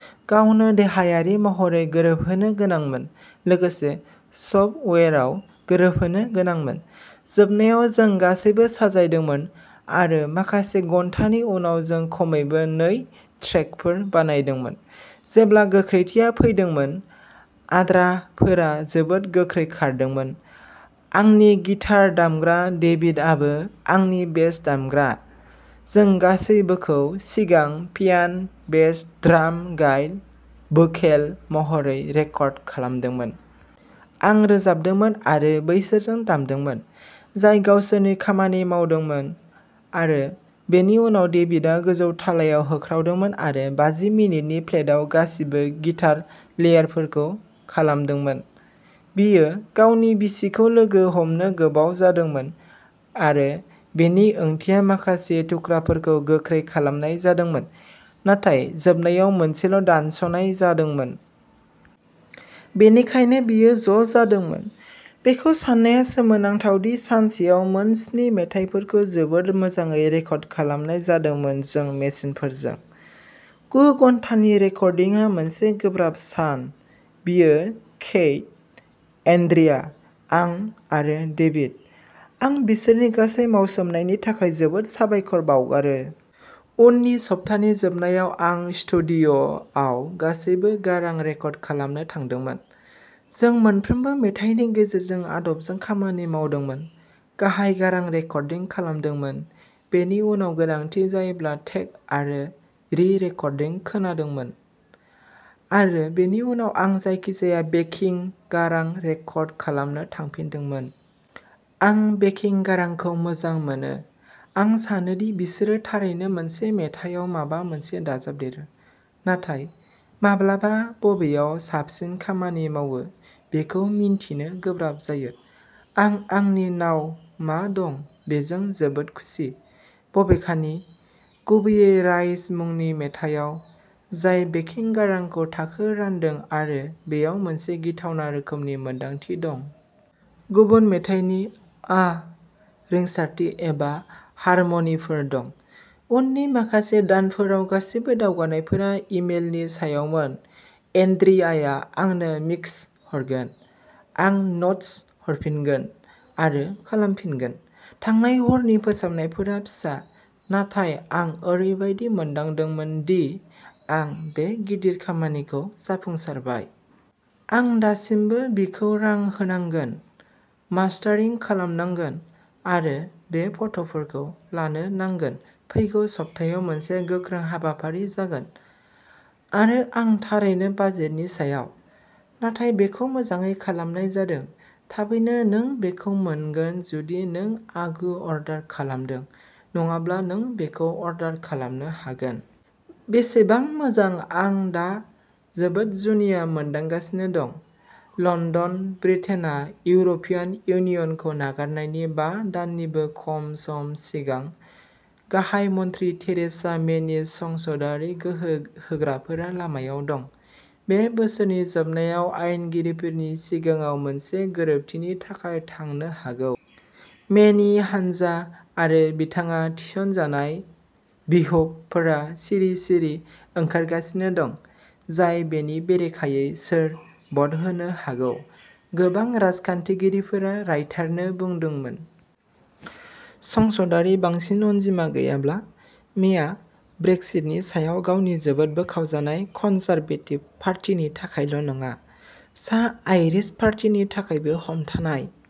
गावनो देहायारि महरै गोरोबहोनो गोनांमोन, लोगोसे सफ्टवेयारआव गोरोबहोनो गोनांमोन। जोबनायाव जों गासैबो साजायदोंमोन, आरो माखासे घन्टानि उनाव जों खमैबो नै ट्रेकफोर बानायदोंमोन। जेब्ला गोख्रैथिया फैदोंमोन, आद्राफोरा जोबोद गोख्रै खारदोंमोन। आंनि गिटार दामग्रा डेभिडआबो आंनि बेस दामग्रा, जों गासैबोखौ सिगां piano' bass drum guitar vocal महरै रेकर्ड खालामदोंमोन। आं रोजाबदोंमोन आरो बैसोरजों दामदोंमोन, जाय गावसोरनि खामानि मावदोंमोन। आरो बेनि उनाव डेभिडआ गोजौ थालायाव होख्रावदोंमोन आरो बाजि मिनिटनि फ्लेटआव गासिबो गिटार लेयारफोरखौ खालामदोंमोन। बियो गावनि बिसिखौ लोगो हमनो गोबाव जादोंमोन, आरो बेनि ओंथिया माखासे थुख्राफोरखौ गोख्रै खालामनाय जादोंमोन, नाथाय जोबनायाव मोनसेल' दानस'नाय जादोंमोन। बेनिखायनो बेयो ज' जादोंमोन। बेखौ साननाया सोमोनांथाव दि सानसेआव मोन स्नि मेथाइफोरखौ जोबोद मोजाङै रेकर्ड खालामनाय जादोंमोन जों मेसिनफोरजों। गु घन्टानि रेकर्डिंआ मोनसे गोब्राब सान। बियो केइथ, एन्ड्रिया।, आं आरो डेभिड। आं बिसोरनि गासै मावसोमनायनि थाखाय जोबोद साबायखर बावगारो। उननि सप्तानि जोबनायाव आं स्टुडिय'आव गासिबो गारां रेकर्ड खालामनो थांदोंमोन। जों मोनफ्रोमबो मेथाइनि गेजेरजों आदबजों खामानि मावदोंमोन, गाहाय गारां रेकर्डिं खालामदोंमोन, बेनि उनाव गोनांथि जायोब्ला टेक आरो रि-रेकर्डिं खोनादोंमोन, आरो बेनि उनाव आं जायखिजाया बेकिं गारां रेकर्ड खालामनो थांफिनदोंमोन। आं बेकिं गारांखौ मोजां मोनो-आं सानो दि बिसोरो थारैनो मोनसे मेथायाव माबा मोनसे दाजाबदेरो, नाथाय माब्लाबा बबेयाव साबसिन खामानि मावो बेखौ मिन्थिनो गोब्राब जायो। आं आंनि नाव मा दं बेजों जोबोद खुसि, बबेखानि, गुबैयै राइज मुंनि मेथायाव, जाय बेकिं गारांखौ थाखो रानदों आरो बेयाव मोनसे गिथावना रोखोमनि मोनदांथि दं। गुबुन मेथाइनि आह रिंसारथि एबा हारमनिफोर दं। उननि माखासे दानफोराव गासैबो दावगानायफोरा इमेलनि सायावमोन एन्ड्रियाया आंनो मिक्स हरगोन, आं न'ट्स हरफिनगोन, आरो खालामफिनगोन। थांनाय हरनि फोसाबनायफोरा फिसा, नाथाय आं ओरैबायदि मोन्दांदोंमोन दि आं बे गिदिर खामानिखौ जाफुंसारबाय। आं दासिमबो बिखौ रां होनांगोन, मास्टारिं खालामनांगोन, आरो बे फट'फोरखौ लानो नांगोन फैगौ सप्तायाव मोनसे गोख्रों हाबाफारि जागोन। आरो आं थारैनो बाजेटनि सायाव, नाथाय बेखौ मोजाङै खालामनाय जादों। थाबैनो नों बेखौ मोनगोन जुदि नों आगु अर्डार खालामदों, नङाब्ला नों बेखौ अर्डार खालामनो हागोन। बेसेबां मोजां आं दा जोबोद जुनिया मोनदांगासिनो दं। लन्दन -ब्रिटेनआ इउर'पियान इउनियनखौ नागारनायनि बा दाननिबो खम सम सिगां, गाहाय मन्थ्रि थेरेसा मेनि संसदारि गोहो होग्राफोरा लामायाव दं। बे बोसोरनि जोबनायाव आयेनगिरिफोरनि सिगाङाव मोनसे गोरोबथिनि थाखाय थांनो हागौ, मेनि हानजा आरो बिथाङा थिसनजानाय व्हिपफोरा सिरि-सिरि ओंखारगासिनो दं, जाय बेनि बेरेखायै सोर भ'ट होनो हागौ, गोबां राजखान्थिगिरिफोरा रायटारनो बुंदोंमोन। संसदारि बांसिन अनजिमा गैयाब्ला, मेया ब्रेक्सिटनि सायाव गावनि जोबोद बोखावजानाय कन्जारभेटिभ पार्टिनि थाखायल' नङा, सा-आइरिश पार्टिनि थाखायबो हमथानाय।